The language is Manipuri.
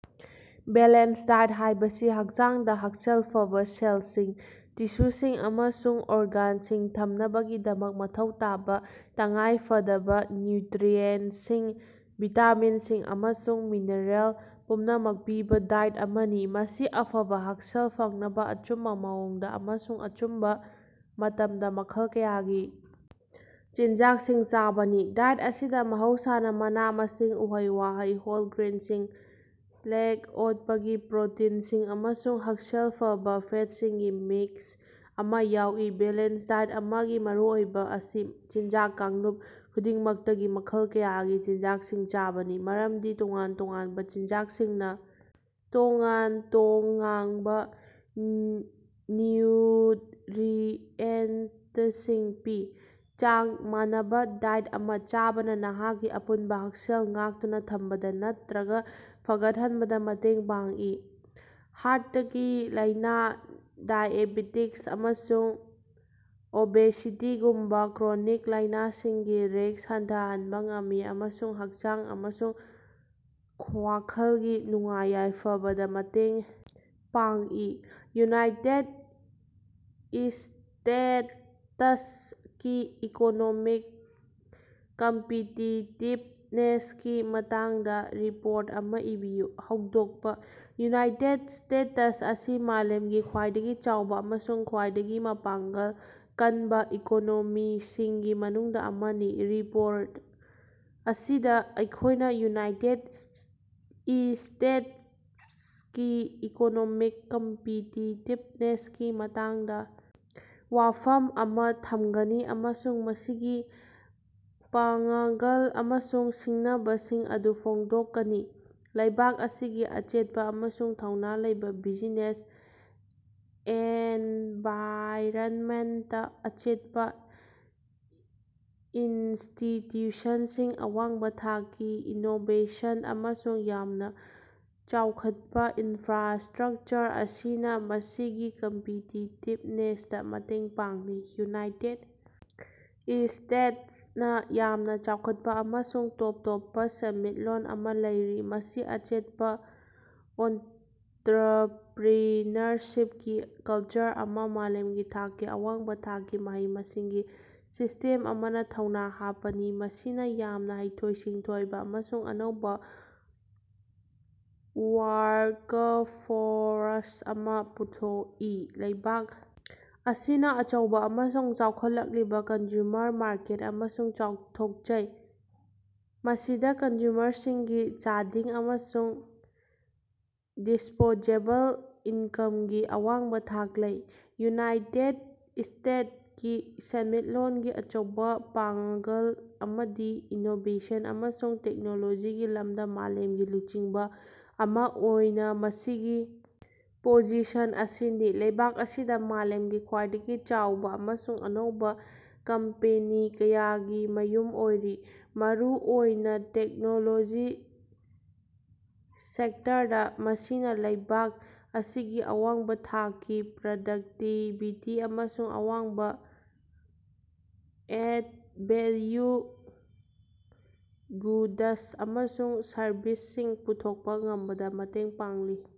ꯕꯦꯂꯦꯟꯁ ꯗꯥꯏꯠ ꯍꯥꯏꯕꯁꯤ ꯍꯛꯆꯥꯡꯗ ꯍꯛꯁꯦꯜ ꯐꯕ ꯁꯦꯜꯁꯤꯡ, ꯇꯤꯁꯨꯁꯤꯡ ꯑꯃꯁꯨꯡ ꯑꯣꯔꯒꯥꯟꯁꯤꯡ ꯊꯝꯅꯕꯒꯤꯗꯃꯛ ꯃꯊꯧ ꯇꯥꯕ ꯇꯉꯥꯏꯐꯗꯕ ꯅ꯭ꯌꯨꯇ꯭ꯔꯤꯑꯦꯟꯇꯁꯤꯡ, ꯚꯤꯇꯥꯃꯤꯟꯁꯤꯡ ꯑꯃꯁꯨꯡ ꯃꯤꯅꯔꯦꯜ ꯄꯨꯝꯅꯃꯛ ꯄꯤꯕ ꯗꯥꯏꯠ ꯑꯃꯅꯤ꯫ ꯃꯁꯤ ꯑꯐꯕ ꯍꯛꯁꯦꯜ ꯐꯪꯅꯕ ꯑꯆꯨꯝꯕ ꯃꯑꯣꯡꯗ ꯑꯃꯁꯨꯡ ꯑꯆꯨꯝꯕ ꯃꯇꯝꯗ ꯃꯈꯜ ꯀꯌꯥꯒꯤ ꯆꯤꯟꯖꯥꯛꯁꯤꯡ ꯆꯥꯕꯅꯤ꯫ ꯗꯥꯏꯠ ꯑꯁꯤꯗ ꯃꯍꯧꯁꯥꯅ ꯃꯅꯥ-ꯃꯁꯤꯡ, ꯎꯍꯩ-ꯋꯥꯍꯩꯁꯤꯡ, ꯍꯣꯜ ꯒ꯭ꯔꯦꯟꯁꯤꯡ, ꯂꯦꯡ-ꯑꯣꯠꯄꯒꯤ ꯄ꯭ꯔꯣꯇꯤꯟꯁꯤꯡ ꯑꯃꯁꯨꯡ ꯍꯛꯁꯦꯜ ꯐꯕ ꯐꯦꯠꯁꯤꯡꯒꯤ ꯃꯤꯛꯁ ꯑꯃ ꯌꯥꯎꯏ꯫ ꯕꯦꯂꯦꯟꯁ ꯗꯥꯏꯠ ꯑꯃꯒꯤ ꯃꯔꯨꯑꯣꯏꯕ ꯑꯁꯤ ꯆꯤꯟꯖꯥꯛ ꯀꯥꯡꯂꯨꯞ ꯈꯨꯗꯤꯡꯃꯛꯇꯒꯤ ꯃꯈꯜ ꯀꯌꯥꯒꯤ ꯆꯤꯟꯖꯥꯛꯁꯤꯡ ꯆꯥꯕꯅꯤ, ꯃꯔꯝꯗꯤ ꯇꯣꯉꯥꯟ-ꯇꯣꯉꯥꯟꯕ ꯆꯤꯟꯖꯥꯛꯁꯤꯡꯅ ꯇꯣꯉꯥꯟ-ꯇꯣꯉꯥꯛꯕ ꯅ꯭ꯌꯨꯠꯔꯤꯑꯦꯟꯇꯁꯤꯡ ꯄꯤ꯫ ꯆꯥꯡ ꯃꯥꯟꯅꯕꯥ ꯗꯥꯏꯠ ꯑꯃ ꯆꯥꯕꯅ ꯅꯍꯥꯛꯀꯤ ꯑꯄꯨꯟꯕ ꯍꯛꯁꯦꯜ ꯉꯥꯛꯇꯨꯅ ꯊꯝꯕꯗ ꯅꯠꯇ꯭ꯔꯒ ꯐꯒꯠꯍꯟꯕꯗ ꯃꯇꯦꯡ ꯄꯥꯡꯏ, ꯍꯥꯔꯇꯀꯤ ꯂꯥꯏꯅ, ꯗꯥꯏꯑꯦꯕꯦꯇꯤꯖ, ꯑꯃꯁꯨꯡ ꯑꯣꯕꯦꯁꯤꯇꯤꯒꯨꯝꯕ ꯀ꯭ꯔꯣꯅꯤꯛ ꯂꯥꯏꯅꯥꯁꯤꯡꯒꯤ ꯔꯤꯁ꯭ꯛ ꯍꯟꯊꯍꯟꯕ ꯉꯝꯃꯤ ꯑꯃꯁꯨꯡ ꯍꯛꯆꯥꯡ ꯑꯃꯁꯨꯡ ꯋꯥꯈꯜꯒꯤ ꯅꯨꯡꯉꯥꯏ-ꯌꯥꯏꯐꯕꯗ ꯃꯇꯦꯡ ꯄꯥꯡꯏ꯫ ꯌꯨꯅꯥꯏꯇꯦꯗ ꯏꯁꯇꯦꯇꯁ ꯀꯤ ꯏꯀꯣꯅꯣꯃꯤꯛ ꯀꯝꯄꯤꯇꯤꯇꯤꯞꯅꯦꯁꯀꯤ ꯃꯇꯥꯡꯗꯥ ꯔꯤꯄꯣꯔꯠ ꯑꯃ ꯏꯕꯤꯌꯨ꯫ ꯍꯧꯗꯣꯛꯄ: ꯌꯨꯅꯥꯏꯇꯦꯗ ꯁ꯭ꯇꯦꯇꯁ ꯑꯁꯤ ꯃꯥꯂꯦꯝꯒꯤ ꯈ꯭ꯋꯥꯏꯗꯒꯤ ꯆꯥꯎꯕ ꯑꯃꯁꯨꯡ ꯈ꯭ꯋꯥꯏꯗꯒꯤ ꯃꯄꯥꯉꯡꯒꯜ ꯀꯟꯕ ꯏꯀꯣꯅꯣꯃꯤꯁꯤꯡꯒꯤ ꯃꯅꯨꯡꯗ ꯑꯃꯅꯤ꯫ ꯔꯤꯄꯣꯔꯠ ꯑꯁꯤꯗ ꯑꯩꯈꯣꯏꯅ ꯌꯨꯅꯥꯏꯇꯦꯠ ꯏꯁꯇꯦꯠꯁ ꯀꯤ ꯏꯀꯣꯅꯣꯃꯤꯛ ꯀꯝꯄꯤꯇꯤꯇꯤꯞꯅꯦꯁꯀꯤ ꯃꯇꯥꯡꯗ ꯋꯥꯐꯝ ꯑꯃꯥ ꯊꯝꯒꯅꯤ ꯑꯃꯁꯨꯡ ꯃꯁꯤꯒꯤ ꯄꯥꯉꯡꯒꯜ ꯑꯃꯁꯨꯡ ꯁꯤꯡꯅꯕꯁꯤꯡ ꯑꯗꯨ ꯐꯣꯡꯗꯣꯛꯀꯅꯤ꯫ ꯂꯩꯕꯥꯛ ꯑꯁꯤꯒꯤ ꯑꯆꯦꯠꯄ ꯑꯃꯁꯨꯡ ꯊꯧꯅ ꯂꯩꯕ ꯕꯤꯖꯤꯅꯦꯁ ꯑꯦꯟꯚꯥꯏꯔꯟꯃꯦꯟꯇ, ꯑꯆꯦꯠꯄ ꯏꯟꯁꯇꯤꯇ꯭ꯌꯨꯁꯟꯁꯤꯡ, ꯑꯋꯥꯡꯕ ꯊꯥꯛꯀꯤ ꯏꯅꯣꯕꯦꯁꯟ, ꯑꯃꯁꯨꯡ ꯌꯥꯝꯅ ꯆꯥꯎꯈꯠꯄ ꯏꯟꯐ꯭ꯔꯥꯁ꯭ꯇꯔꯛꯆꯔ ꯑꯁꯤꯅ ꯃꯁꯤꯒꯤ ꯀꯝꯄꯤꯇꯤꯇꯤꯕꯅꯦꯁꯇ ꯃꯇꯦꯡ ꯄꯥꯡꯂꯤ꯫ ꯌꯨꯅꯥꯏꯇꯦꯗ ꯏꯁꯇꯦꯠꯁ ꯅ ꯌꯥꯝꯅ ꯆꯥꯎꯈꯠꯄ ꯑꯃꯁꯨꯡ ꯇꯣꯞ ꯇꯣꯞꯄ ꯁꯦꯟꯃꯤꯠꯂꯣꯟ ꯑꯃ ꯂꯩꯔꯤ, ꯃꯁꯤ ꯑꯆꯦꯠꯄ ꯑꯣꯟꯇ꯭ꯔꯄ꯭ꯔꯤꯅꯔꯁꯤꯞꯀꯤ ꯀꯜꯆꯔ ꯑꯃꯁꯨꯡ ꯃꯥꯂꯦꯝꯒꯤ ꯊꯥꯛꯀꯤ ꯑꯋꯥꯡꯕ ꯊꯥꯛꯀꯤ ꯃꯍꯩ-ꯃꯁꯤꯡꯒꯤ ꯁꯤꯁ꯭ꯇꯦꯝ ꯑꯃꯅ ꯊꯧꯅ ꯍꯥꯞꯄꯅꯤ, ꯃꯁꯤꯅ ꯌꯥꯝꯅ ꯍꯩꯊꯣꯏ-ꯁꯤꯡꯊꯣꯏꯕ ꯑꯃꯁꯨꯡ ꯑꯅꯧꯕ ꯋꯥꯔꯀꯐꯣꯔꯁ ꯑꯃ ꯄꯨꯊꯣꯛꯏ꯫ ꯂꯩꯕꯥꯛ ꯑꯁꯤꯅ ꯑꯆꯧꯕ ꯑꯃꯁꯨꯡ ꯆꯥꯎꯈꯠꯂꯛꯂꯤꯕ ꯀꯟꯖꯨꯃꯔ ꯃꯥꯔꯀꯦꯠ ꯑꯃꯁꯨ ꯆꯥꯎꯊꯣꯛꯆꯩ, ꯃꯁꯤꯗ ꯀꯟꯖꯨꯃꯔꯁꯤꯡꯒꯤ ꯆꯥꯗꯤꯡ ꯑꯃꯁꯨꯡ ꯗꯤꯁ꯭ꯄꯣꯖꯦꯕꯜ ꯏꯟꯀꯝꯒꯤ ꯑꯋꯥꯡꯕ ꯊꯥꯛ ꯂꯩ꯫ ꯌꯨꯅꯥꯏꯇꯦꯗ ꯏꯁꯇꯦꯠꯁ ꯀꯤ ꯁꯦꯟꯃꯤꯠꯂꯣꯟꯒꯤ ꯑꯆꯧꯕ ꯄꯥꯉꯡꯒꯜ ꯑꯃꯗꯤ ꯏꯅꯣꯕꯦꯁꯟ ꯑꯃꯁꯨꯡ ꯇꯦꯛꯅꯣꯂꯣꯖꯤꯒꯤ ꯂꯝꯗ ꯃꯥꯂꯦꯝꯒꯤ ꯂꯨꯆꯤꯡꯕ ꯑꯃ ꯑꯣꯏꯅ ꯃꯁꯤꯒꯤ ꯄꯣꯖꯤꯁꯟ ꯑꯁꯤꯅꯤ꯫ ꯂꯩꯕꯥꯛ ꯑꯁꯤꯗ ꯃꯥꯂꯦꯝꯒꯤ ꯈ꯭ꯋꯥꯏꯗꯒꯤ ꯆꯥꯎꯕ ꯑꯃꯁꯨꯡ ꯑꯅꯧꯕ ꯀꯝꯄꯦꯅꯤ ꯀꯌꯥꯒꯤ ꯃꯌꯨꯝ ꯑꯣꯏꯔꯤ, ꯃꯔꯨꯑꯣꯏꯅ ꯇꯦꯛꯅꯣꯂꯣꯖꯤ ꯁꯦꯛꯇꯔꯗ꯫ ꯃꯁꯤꯅ ꯂꯩꯕꯥꯛ ꯑꯁꯤꯒꯤ ꯑꯋꯥꯡꯕ ꯊꯥꯛꯀꯤ ꯄ꯭ꯔꯗꯛꯇꯤꯕꯤꯇꯤ ꯑꯃꯁꯨꯡ ꯑꯋꯥꯡꯕ ꯑꯦꯗ-ꯚꯦꯜꯌꯨ ꯒꯨꯗꯁ ꯑꯃꯁꯨꯡ ꯁꯔꯕꯤꯁꯁꯤꯡ ꯄꯨꯊꯣꯛꯄ ꯉꯝꯕꯗ ꯃꯇꯦꯡ ꯄꯥꯡꯂꯤ꯫